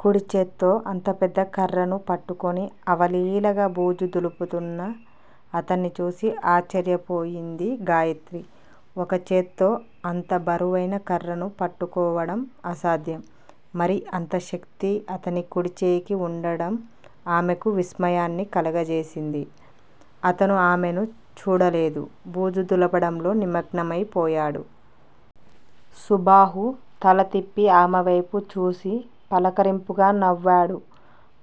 కుడిచేత్తో అంత పెద్ద కర్రను పట్టుకుని అవలీలగా బూజు దులుపుతున్న అతన్ని చూసి ఆశ్చర్యపోయింది గాయత్రి. ఒకచేత్తో అంత బరువైన కర్రను పట్టుకోవడం అసాధ్యం. మరి అంత శక్తి అతని కుడిచేయికి వుండడం ఆమెకు విస్మయాన్ని కలుగజేసింది. అతను ఆమెను చూడలేదు. బూజు దులపడంలో నిమగ్నమై పోయాడు. సుబాహు! తల తిప్పి ఆమెవైపు చూసి, పలకరింపుగా నవ్వాడు.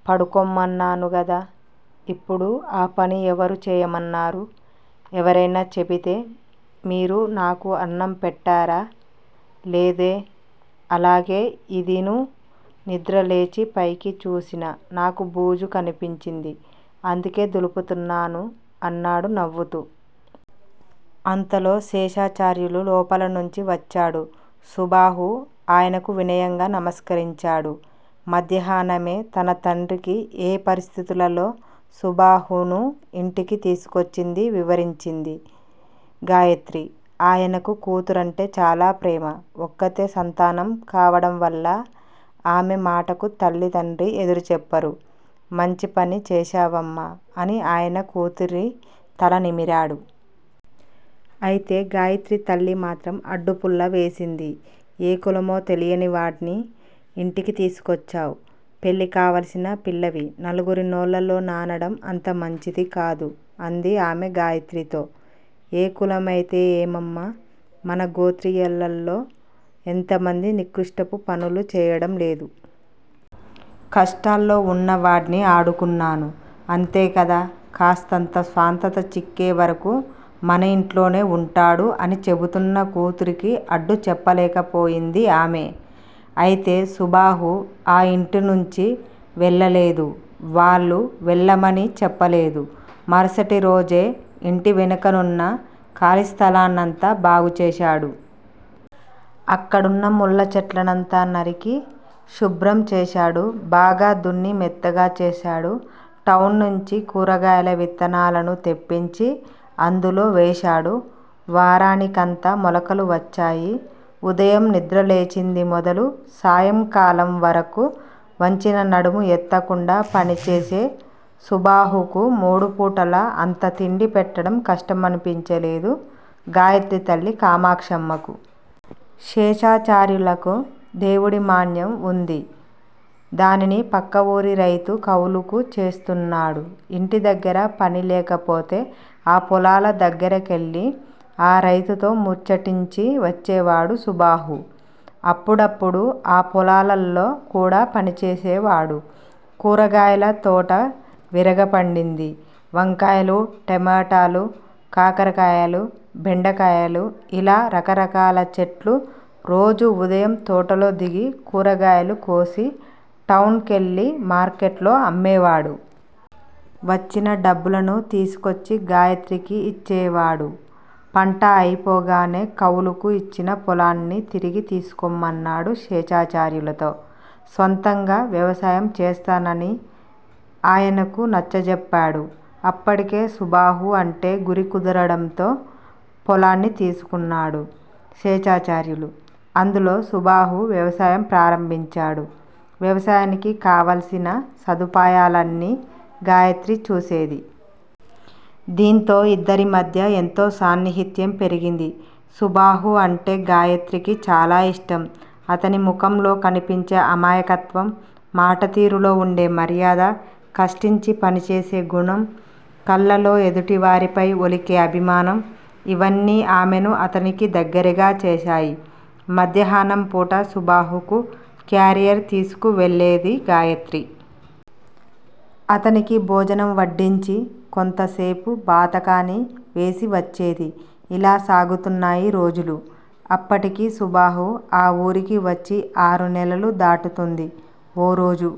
పడుకోమన్నాను గదా! ఇప్పుడు ఆ పని ఎవరు చేయమన్నారు? ఎవరైనా చెబితే మీరు నాకు అన్నం పెట్టారా! లేదే. అలాగే ఇదీను. నిద్ర లేచి పైకి చూసిన నాకు బూజు కనిపించింది. అందుకే దులుపుతున్నాను అన్నాడు నవ్వుతూ. అంతలో శేషాచార్యులు లోపల నుంచి వచ్చాడు. సుబాహు ఆయనకు వినయంగా నమస్కరించాడు. మధ్యాహ్నమే తన తండ్రికి ఏ పరిస్థితులలో సుబాహును ఇంటికి తీసుకొచ్చిందీ వివరించింది గాయత్రి. ఆయనకు కూతురంటే చాలా ప్రేమ. ఒక్కత్తే సంతానం కావడం వల్ల ఆమె మాటకు తల్లీ, తండ్రీ ఎదురుజెప్పరు. మంచిపని చేశావమ్మా అని ఆయన కూతురి తల నిమిరాడు. అయితే గాయత్రి తల్లి మాత్రం అడ్డు పుల్ల వేసింది. ఏ కులమో తెలియనివాడ్ని ఇంటికి తీసుకొచ్చావ్. పెళ్ళి కావలసిన పిల్లవి. నలుగురి నోళ్ళల్లో నానడం అంతమంచిది కాదు అంది ఆమె గాయత్రితో. ఏ కులమైతే ఏమమ్మా. మన గోత్రీయులల్లో ఎంతమంది నికృష్టపు పనులు చేయడం లేదు. కష్టాల్లో వున్న వాడ్ని ఆడుకున్నాను. అంతేకదా. కాస్తంత స్వంతత చిక్కేవరకు మన ఇంట్లోనే వుంటాడు అని చెబుతున్న కూతురికి అడ్డు చెప్పలేకపోయింది ఆమె. అయితే సుబాహు ఆ ఇంటి నుంచి వెళ్ళలేదు. వాళ్ళూ వెళ్ళమని చెప్పలేదు. మరుసటి రోజే ఇంటి వెనుకనున్న ఖాళీ స్థలాన్నంతా బాగుచేశాడు. అక్కడున్న ముళ్ళ చెట్లనంతా నరికి శుభ్రం చేశాడు. బాగా దున్ని మెత్తగా చేశాడు. టౌన్ నుంచి కూరగాయల విత్తనాలను తెప్పించి అందులో వేశాడు. వారానికంతా మొలకలు వచ్చాయి. ఉదయం నిద్రలేచింది మొదలు సాయంకాలం వరకు వంచిన నడుము ఎత్తకుండా పనిచేసే సుబాహుకు మూడు పూటలా అంత తిండి పెట్టడం కష్టమనిపించలేదు గాయత్రి తల్లి కామాక్షమ్మకు. శేషాచార్యులకు దేవుడి మాన్యం వుంది. దానిని పక్క ఊరి రైతు కౌలుకు చేస్తున్నాడు ఇంటి దగ్గరపని లేకపోతే ఆ పొలాల దగ్గరికెళ్ళి ఆ రైతుతో ముచ్చటించి వచ్చేవాడు సుబాహు. అప్పుడప్పుడూ ఆ పొలాల్లో కూడా పనిచేసేవాడు. కూరగాయల తోట విరగపండింది. వంకాయలు, టమేటాళు, కాకరకాయలు, బెండకాయలు ఇలా రకరకాల చెట్లు, రోజూ ఉదయం తోటలో దిగి కూరగాయలు కోసి, టౌన్ కెళ్ళి మార్కెట్లో అమ్మేవాడు. వచ్చిన డబ్బులను తీసుకొచ్చి గాయత్రికి ఇచ్చేవాడు. పంట అయిపోగానే కౌలుకు ఇచ్చిన పొలాన్ని తిరిగి తీసుకోమన్నాడు శేషాచార్యులతో. స్వంతంగా వ్యవసాయం చేస్తానని ఆయనకు నచ్చచెప్పాడు. అప్పటికే సుబాహు అంటే గురికుదరడంతో పొలాన్ని తీసుకున్నాడు శేషాచార్యులు. అందులో సుబాహు వ్యవసాయం ప్రారంభించాడు. వ్యవసాయానికి కావాల్సిన సదుపాయాలన్నీ గాయత్రి చూసేది. దీంతో ఇద్దరి మధ్య ఎంతో సాన్నిహిత్యం పెరిగింది. సుబాహు అంటే గాయత్రికి చాలా ఇష్టం. అతని ముఖంలో కనిపించే అమాయకత్వం, మాట తీరులో వుండే మర్యాద, కష్టించి పనిచేసే గుణం, కళ్ళల్లో ఎదుటివారిపై ఒలికే అభిమానం- ఇవన్నీ ఆమెను అతనికి దగ్గిరగా చేశాయి. మధ్యాహ్నం పూట సుబాహుకు క్యారియర్ తీసుకు వెళ్ళేది గాయత్రి. అతనికి భోజనం వడ్డించి, కొంతసేపు బాతాకానీ వేసి వచ్చేది. ఇలా సాగుతున్నాయి రోజులు. అప్పటికి సుబాహు ఆ వూరికి వచ్చి ఆరు నెలలు దాటుతోంది. ఓ రోజు